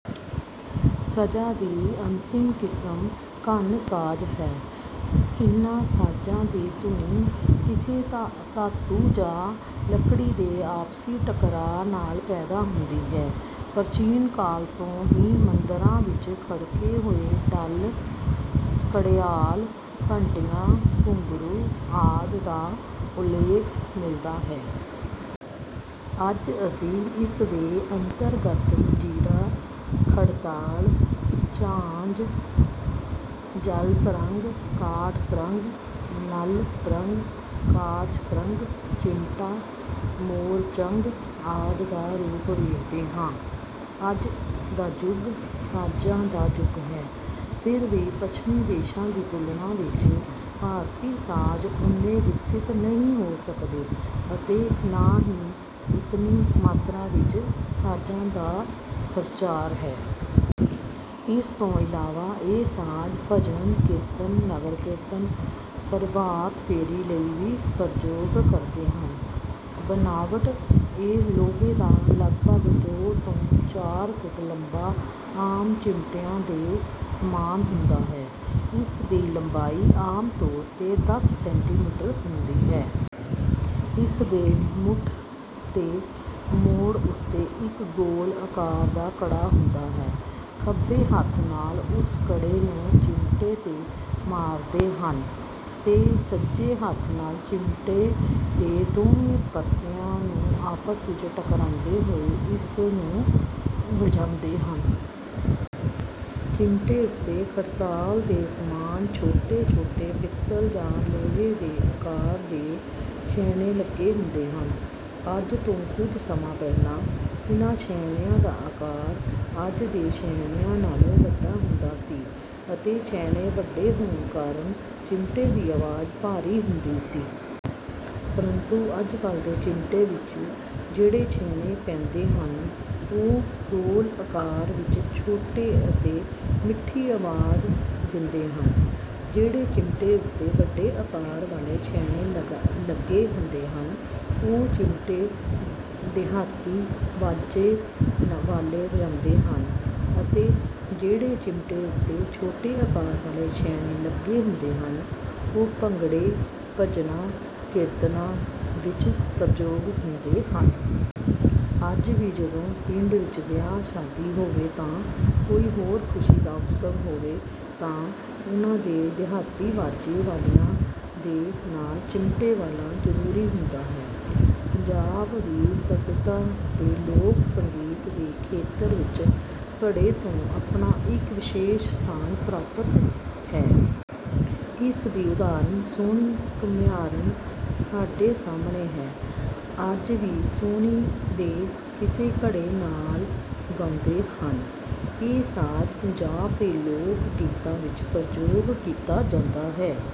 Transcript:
ਸਾਜ਼ਾਂ ਦੀ ਅੰਤਿਮ ਕਿਸਮ ਘਣ ਸਾਜ਼ ਹੈ। ਇਨ੍ਹਾਂ ਸਾਜ਼ਾਂ ਦੀ ਧੁਨੀ ਕਿਸੇ ਧਾਤੂ ਜਾਂ ਲਕੜੀ ਦੇ ਆਪਸੀ ਟਕਰਾਅ ਨਾਲ ਪੈਦਾ ਹੁੰਦੀ ਹੈ। ਪ੍ਰਚੀਨ ਕਾਲ ਤੋਂ ਹੀ ਮੰਦਰਾਂ ਵਿੱਚ ਖੜਕਦੇ ਹੋਏ ਟੱਲ, ਘੜਿਆਲ, ਘੰਟੀਆਂ, ਘੁੰਗਰੂ ਆਦਿ ਦਾ ਉਲੇਖ ਮਿਲਦਾ ਹੈ। ਅੱਜ ਅਸੀਂ ਇਸ ਦੇ ਅੰਤਰਗਤ ਮੰਜੀਰਾ, ਖੜਤਾਲ, ਝਾਂਜ, ਜਲਤਰੰਗ, ਕਾਠ ਤਰੰਗ, ਨਲ ਤਰੰਗ, ਕਾਂਚ ਤਰੰਗ, ਚਿਮਟਾ, ਮੋਰਚੰਗ ਆਦਿ ਦਾ ਰੂਪ ਵੇਖਦੇ ਹਾ। ਅੱਜ ਦਾ ਯੁਗ ਸਾਜ਼ਾਂ ਦਾ ਯੁਗ ਹੈ। ਫ਼ਿਰ ਵੀ ਪੱਛਮੀ ਦੇਸ਼ਾਂ ਦੀ ਤੁਲਨਾ ਵਿੱਚ ਭਾਰਤੀ ਸਾਜ਼ ਉਨੇ ਵਿਕਸਿਤ ਨਹੀਂ ਹੋ ਸਕਦੇ ਅਤੇ ਨਾ ਹੀ ਉਤਨੀ ਮਾਤਰਾ ਵਿੱਚ ਸਾਜਾਂ ਦਾ ਪ੍ਰਚਾਰ ਹੈ। ਇਸ ਤੋਂ ਇਲਾਵਾ ਇਹ ਸਾਜ਼ ਭਜਨ, ਕੀਰਤਨ, ਨਗਰ ਕੀਰਤਨ, ਪ੍ਰਭਾਤ ਫੇਰੀ ਲਈ ਵੀ ਪ੍ਰਯੋਗ ਕਰਦੇ ਹਨ। ਬਣਾਵਟ, ਇਹ ਲੋਹੇ ਦਾ ਲਗਭਗ ਦੋ ਤੋਂ ਚਾਰ ਫੁਟ ਲੰਬਾ ਆਮ ਚਿਮਟਿਆਂ ਦੇ ਸਮਾਨ ਹੁੰਦਾ ਹੈ। ਇਸ ਦੀ ਲੰਬਾਈ ਆਮ ਤੌਰ ਤੇ ਦਸ ਸੈਂਟੀਮੀਟਰ ਹੁੰਦੀ ਹੈ। ਇਸ ਦੇ ਮੁਠ ਦੇ ਮੋੜ ਉੱਤੇ ਇੱਕ ਗੋਲ ਆਕਾਰ ਦਾ ਕੜਾ ਹੁੰਦਾ ਹੈ। ਖੱਬੇ ਹੱਥ ਨਾਲ ਉਸ ਕੜੇ ਨੂੰ ਚਿਮਟੇ ਤੇ ਮਾਰਦੇ ਹਨ ਤੇ ਸੱਜੇ ਹੱਥ ਨਾਲ ਚਿਮਟੇ ਦੇ ਦੋਵੇਂ ਪਰਤਿਆਂ ਨੂੰ ਆਪਸ ਵਿੱਚ ਟਕਰਾਉਂਦੇ ਹੋਏ ਇਸ ਨੂੰ ਵਜਾਉਂਦੇ ਹਨ। ਚਿਮਟੇ ਉੱਤੇ ਖੜਤਾਲ ਦੇ ਸਮਾਨ ਛੋਟੇ-ਛੋਟੇ ਪਿਤਲ ਜਾਂ ਲੋਹੇ ਦੇ ਆਕਾਰ ਦੇ ਛੈਣੇ ਲੱਗੇ ਹੁੰਦੇ ਹਨ। ਅੱਜ ਤੋਂ ਕੁਝ ਸਮਾਂ ਪਹਿਲਾਂ ਇਨ੍ਹਾਂ ਛੈਣਿਆ ਦਾ ਆਕਾਰ ਅੱਜ ਦੇ ਛੈਣਿਆਂ ਨਾਲੋਂ ਵੱਡਾ ਹੁੰਦਾ ਸੀ ਅਤੇ ਛੈਣੇ ਵੱਡੇ ਹੋਣ ਕਾਰਨ ਚਿਮਟੇ ਦੀ ਆਵਾਜ਼ ਭਾਰੀ ਹੁੰਦੀ ਸੀ। ਪ੍ਰੰਤੂ ਅੱਜ ਕਲ੍ਹ ਚਿਮਟੇ ਵਿੱਚ ਜਿਹੜੇ ਛੈਣੇ ਪੈਂਦੇ ਹਨ ਉਹ ਗੋਲ ਆਕਾਰ ਵਿੱਚ ਛੋਟੇ ਅਤੇ ਮਿੱਠੀ ਆਵਾਜ਼ ਦਿੰਦੇ ਹਨ। ਜਿਹੜੇ ਚਿਮਟੇ ਉੱਤੇ ਵੱਡੇ ਆਕਾਰ ਵਾਲੇ ਛੈਣੇ ਲੱਗੇ ਹੁੰਦੇ ਹਨ ਉਹ ਚਿਮਟੇ ਦਿਹਾਤੀ ਵਾਜੇ ਵਾਲੇ ਵਜਾਉਂਦੇ ਹਨ ਅਤੇ ਜਿਹੜੇ ਚਿਮਟੇ ਉੱਤੇ ਛੋਟੇ ਆਕਾਰ ਵਾਲੇ ਛੈਣੇ ਲਗੇ ਹੁੰਦੇ ਹਨ ਉਹ ਭੰਗੜੇ, ਭਜਨਾਂ, ਕੀਰਤਨਾਂ ਵਿੱਚ ਪ੍ਰਯੋਗ ਹੁੰਦੇ ਹਨ। ਅੱਜ ਵੀ ਜਦੋਂ ਪਿੰਡ ਵਿੱਚ ਵਿਆਹ, ਸ਼ਾਦੀ ਹੋਵੇ ਜਾਂ ਕੋਈ ਹੋਰ ਖ਼ੁਸ਼ੀ ਦਾ ਉਤਸਵ ਹੋਵੇ ਤਾਂ ਉਹਨਾਂ ਦੇ ਦਿਹਾਤੀ ਵਾਜੇ ਵਾਲਿਆਂ ਦੇ ਨਾਲ ਚਿਮਟੇ ਵਾਲਾ ਜ਼ਰੂਰੀ ਹੁੰਦਾ ਹੈ। ਪੰਜਾਬ ਦੀ ਸੱਭਿਅਤਾ ਅਤੇ ਲੋਕ ਸੰਗੀਤ ਦੇ ਖੇਤਰ ਵਿੱਚ ਘੜੇ ਨੂੰ ਆਪਣਾ ਇੱਕ ਵਿਸ਼ੇਸ਼ ਸਥਾਨ ਪ੍ਰਾਪਤ ਹੈ। ਇਸ ਦੀ ਉਦਾਹਰਨ ਸੋਹਣੀ ਘੁਮਿਆਰਣ ਸਾਡੇ ਸਾਹਮਣੇ ਹੈ। ਅੱਜ ਵੀ ਸੋਹਣੀ ਦੇ ਕਿੱਸੇ ਘੜੇ ਨਾਲ ਗਾਉਂਦੇ ਹਨ। ਇਹ ਸਾਜ਼ ਪੰਜਾਬ ਦੇ ਲੋਕ-ਗੀਤਾਂ ਵਿੱਚ ਪ੍ਰਯੋਗ ਕੀਤਾ ਜਾਂਦਾ ਹੈ।